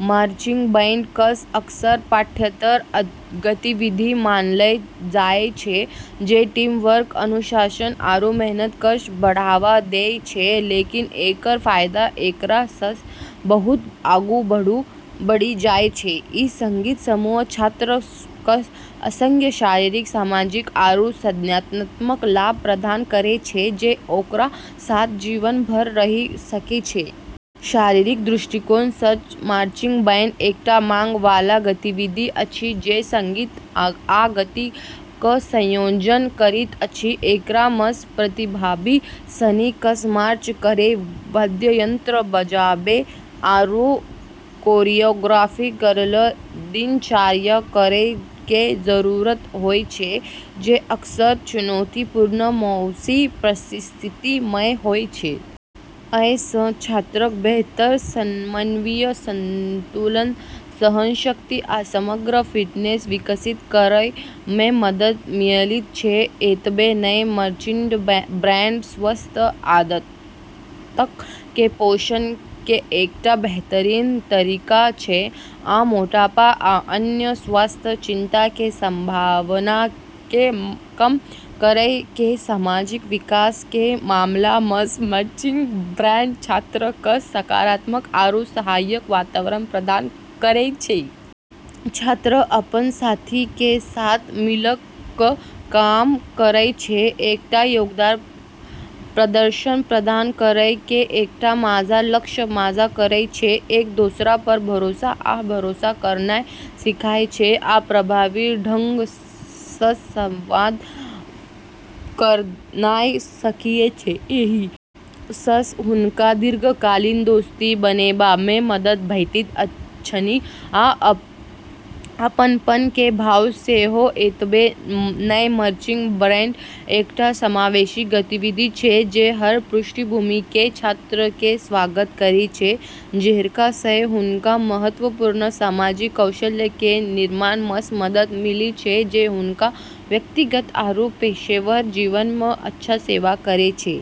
Marching band कऽ अक्सर पाठ्येतर गतिविधि मानलऽ जाय छै जे टीम वर्क, अनुशासन, आरू मेहनत कऽ बढ़ावा दै छै, लेकिन एकरऽ फायदा एकरा सऽ बहुत आगू बढ़ी जाय छै। ई संगीत समूह छात्रऽ कऽ असंख्य शारीरिक, सामाजिक, आरू संज्ञानात्मक लाभ प्रदान करै छै जे ओकरा साथ जीवन भर रहि सकै छै। शारीरिक दृष्टिकोण सऽ मार्चिंग बैंड एकटा मांग वाला गतिविधि अछि जे संगीत आ गति क संयोजन करैत अछि। एकरा मऽ प्रतिभागी सिनी कऽ मार्च करै, वाद्ययंत्र बजाबै आरू कोरियोग्राफी करलऽ दिनचर्या करै के जरूरत होय छै, जे अक्सर चुनौतीपूर्ण मौसमी परिस्थिति मऽ होय छै। अइ सं छात्रक बेहतर समन्वय, संतुलन, सहनशक्ति, आ समग्र फिटनेस विकसित करय मे मदद मिलयत छै। एतबे नै, मार्चिंग बैंड स्वस्थ आदतक के पोषण के एकटा बेहतरीन तरीका छै, आ मोटापा आ अन्य स्वास्थ्य चिंता के संभावना के कम करय के सामाजिक विकास के मामला मऽ मार्चिंग बैंड छात्रऽ कऽ सकारात्मक आरू सहायक वातावरण प्रदान करै छै। छात्र अपन साथी के साथ मिलक क काम करय छै, एकटा यादगार प्रदर्शन प्रदान करय के एकटा साझा लक्ष्य साझा करय छै। एक दोसरा पर भरोसा आ भरोसा करनाय सीखय छै, आ प्रभावी ढंग सऽ संवाद करनाय सीखय छै। एहि सऽ हुनका दीर्घकालीन दोस्ती बनेबा मे मदद भेटैत छनि, आ अपनपन के भाव सेहो एतबे नै, मार्चिंग बैंड एकटा समावेशी गतिविधि छै जे हर पृष्ठभूमि के छात्रऽ के स्वागत करै छै, जेकरा सऽ हुनका महत्वपूर्ण सामाजिक कौशल के निर्माण मऽ मदद मिलै छै जे हुनकऽ व्यक्तिगत आरू पेशेवर जीवन म॑ अच्छा सेवा करै छै।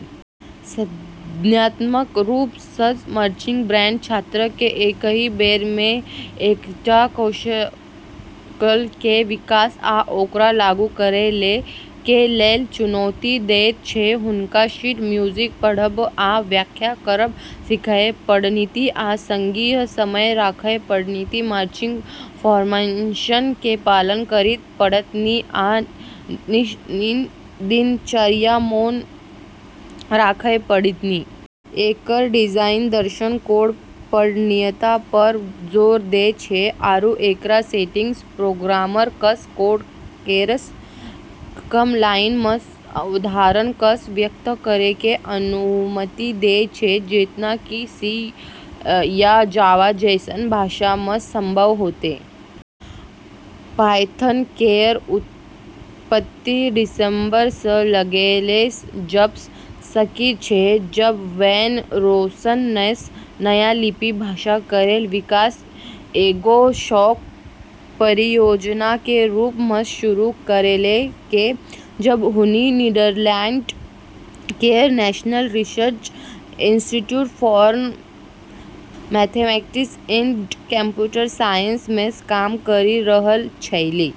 संज्ञानात्मक रूप सऽ मार्चिंग बैंड छात्रक कें एकहि बेर मे कईटा कौशल कें विकास आ ओकरा लागू करय के लेल चुनौती देयत छै ।हुनका शीट म्यूजिक पढ़ब आ व्याख्या करब सीखय पड़तनि आ संगहि समय राखय पड़तनि, मार्चिंग फॉर्मेशन के पालन करय पड़तनि, आ दिनचर्या मोन राखय पड़तनि। एकरऽ डिजाइन दर्शन कोड पठनीयता पऽ जोर दै छै, आरू एकरऽ सिंटैक्स प्रोग्रामर कऽ कोड केरऽ कम लाइन मऽ अवधारणा कऽ व्यक्त करै के अनुमति दै छै, जेतना कि सी या जावा जैसनऽ भाषा मऽ संभव होतै। पायथन केरऽ उत्पत्ति दिसंबर सऽ लगैलऽ जाबऽ सकै छै, जब वैन रोसम नऽ नया लिपि भाषा केरऽ विकास एगो शौक परियोजना के रूप मऽ शुरू करलकै, जब हुनी नीदरलैंड केरऽ National Research Institute for Mathematics and Computer Science मऽ काम करी रहलऽ छेलै।